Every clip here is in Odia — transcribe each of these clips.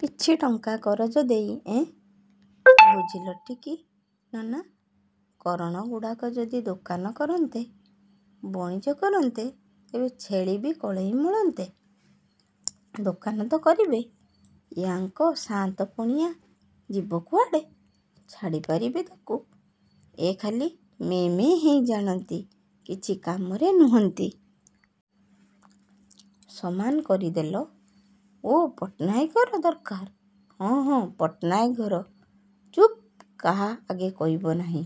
କିଛି ଟଙ୍କା କରଜ ଦେଇ, ଏଁ? ବୁଝିଲଟିକି ନନା? କରଣଗୁଡ଼ାକ ଯଦି ଦୋକାନ କରନ୍ତେ, ବଣିଜ କରନ୍ତେ, ତେବେ ଛେଳିବି କଳେଇ ମଳନ୍ତେ। ଦୋକାନ ତ କରିବେ, ୟାଙ୍କ ସାଆନ୍ତ ପଣିଆ ଯିବ କୁଆଡ଼େ? ଛାଡ଼ି ପାରିବେ ତାକୁ? ଏ ଖାଲି ମେଁ ମେଁ ହେଇ ଜାଣନ୍ତି, କିଛି କାମରେ ନୁହନ୍ତି। ସମାନ କରିଦେଲ। ଓ, ପଟ୍ଟନାୟକ ଘର ଦରକାର?ହଁ, ହଁ, ପଟ୍ଟନାୟକ ଘର। ଚୁପ୍, କାହା ଆଗେ କହିବ ନାହିଁ।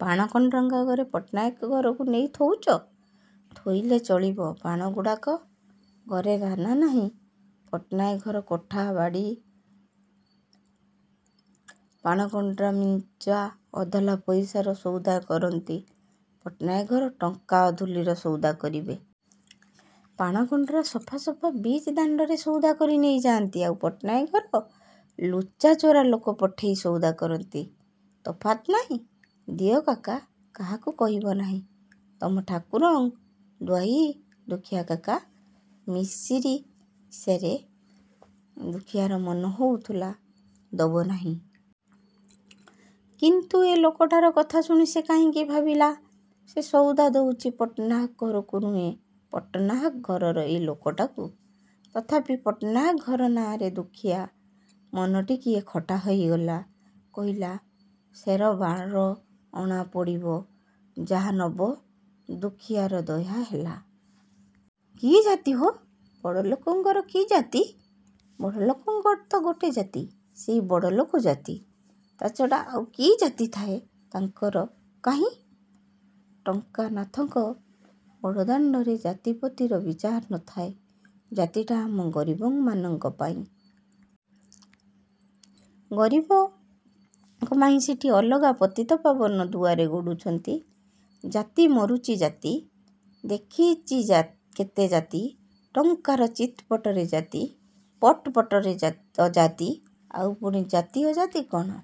ପାଣ କଣ୍ଡରାଙ୍କ ଆଗରେ ପଟ୍ଟନାୟକ ଘରକୁ ନେଇ ଥୋଉଚ? ଥୋଇଲେ ଚଳିବ? ପାଣଗୁଡ଼ାକ, ଘରେ ଦାନା ନାହିଁ, ପଟ୍ଟନାୟକ ଘର କୋଠା ବାଡ଼ି। ପାଣ କଣ୍ଡରା ମିଞ୍ଚା ଅଧଲା ପଇସାର ସଉଦା କରନ୍ତି, ପଟ୍ଟନାୟକ ଘର ଟଙ୍କା ଅଧୁଲିର ସଉଦା କରିବେ। ପାଣ କଣ୍ଡରା ସଫା ସଫା ବିଚ ଦାଣ୍ଡରେ ସଉଦା କରି ନେଇଯାଆନ୍ତି, ଆଉ ପଟ୍ଟନାୟକ ଘର ଲୁଚାଚୋରା ଲୋକ ପଠେଇ ସଉଦା କରନ୍ତି। ତଫାତ ନାହିଁ? ଦିଅ କାକା! କାହାକୁ କହିବ ନାହିଁ। ତମ ଠାକୁର ଦ୍ୱାହି ଦୁଃଖୀଆକାକା, ମିଶିରି ସେରେ। ଦୁଃଖୀଆର ମନ ହଉଥିଲା, ଦବନାହିଁ। କିନ୍ତୁ ଏ ଲୋକଟାର କଥା ଶୁଣି ସେ କାହିଁକି ଭାବିଲା, ସେ ସଉଦା ଦଉଚି ପଟ୍ଟନାହାକ ଘରକୁ ନୁହେଁ, ପଟ୍ଟନାହାକ ଘରର ଏଇ ଲୋକଟାକୁ। ତଥାପି ପଟ୍ଟନାୟକ ଘର ନାଆଁରେ ଦୁଃଖୀଆ ମନଟିକିଏ ଖଟା ହେଇଗଲା। କହିଲା, ''ସେର ବାର ଅଣା ପଡ଼ିବ। ଯାହା ନବ ଦୁଃଖୀଆର ଦୟାହେଲା। କି ଜାତି ହୋ? ବଡ଼ଲୋକଙ୍କର କି ଜାତି? ବଡ଼ଲୋକଙ୍କର ତ ଗୋଟେ ଜାତି, ସେଇ ବଡ଼ଲୋକ ଜାତି, ତା' ଛଡ଼ା ଆଉ କି ଜାତି ଥାଏ ତାଙ୍କର, କାହିଁ? ଟଙ୍କା ନାଥଙ୍କ ବଡ଼ଦାଣ୍ଡରେ ଜାତି ପତିର, ବିଚାର ନ ଥାଏ। ଜାତିଟା ଆମ ଗରିବମାନଙ୍କ ପାଇଁ। ଗରିବଙ୍କ ପାଇଁ ସେଠି ଅଲଗା ପତିତପାବନ ଦୁଆରେ ଗଡ଼ୁଛନ୍ତି। ଜାତି ମରୁଚି, ଜାତି। ଦେଖିଚି କେତେ ଜାତି। ଟଙ୍କାର ଚିତ୍ ପଟରେ ଜାତି, ପଟ୍ ପଟରେ ଅଜାତି। ଆଉ ପୁଣି ଜାତି ଅଜାତି କ'ଣ?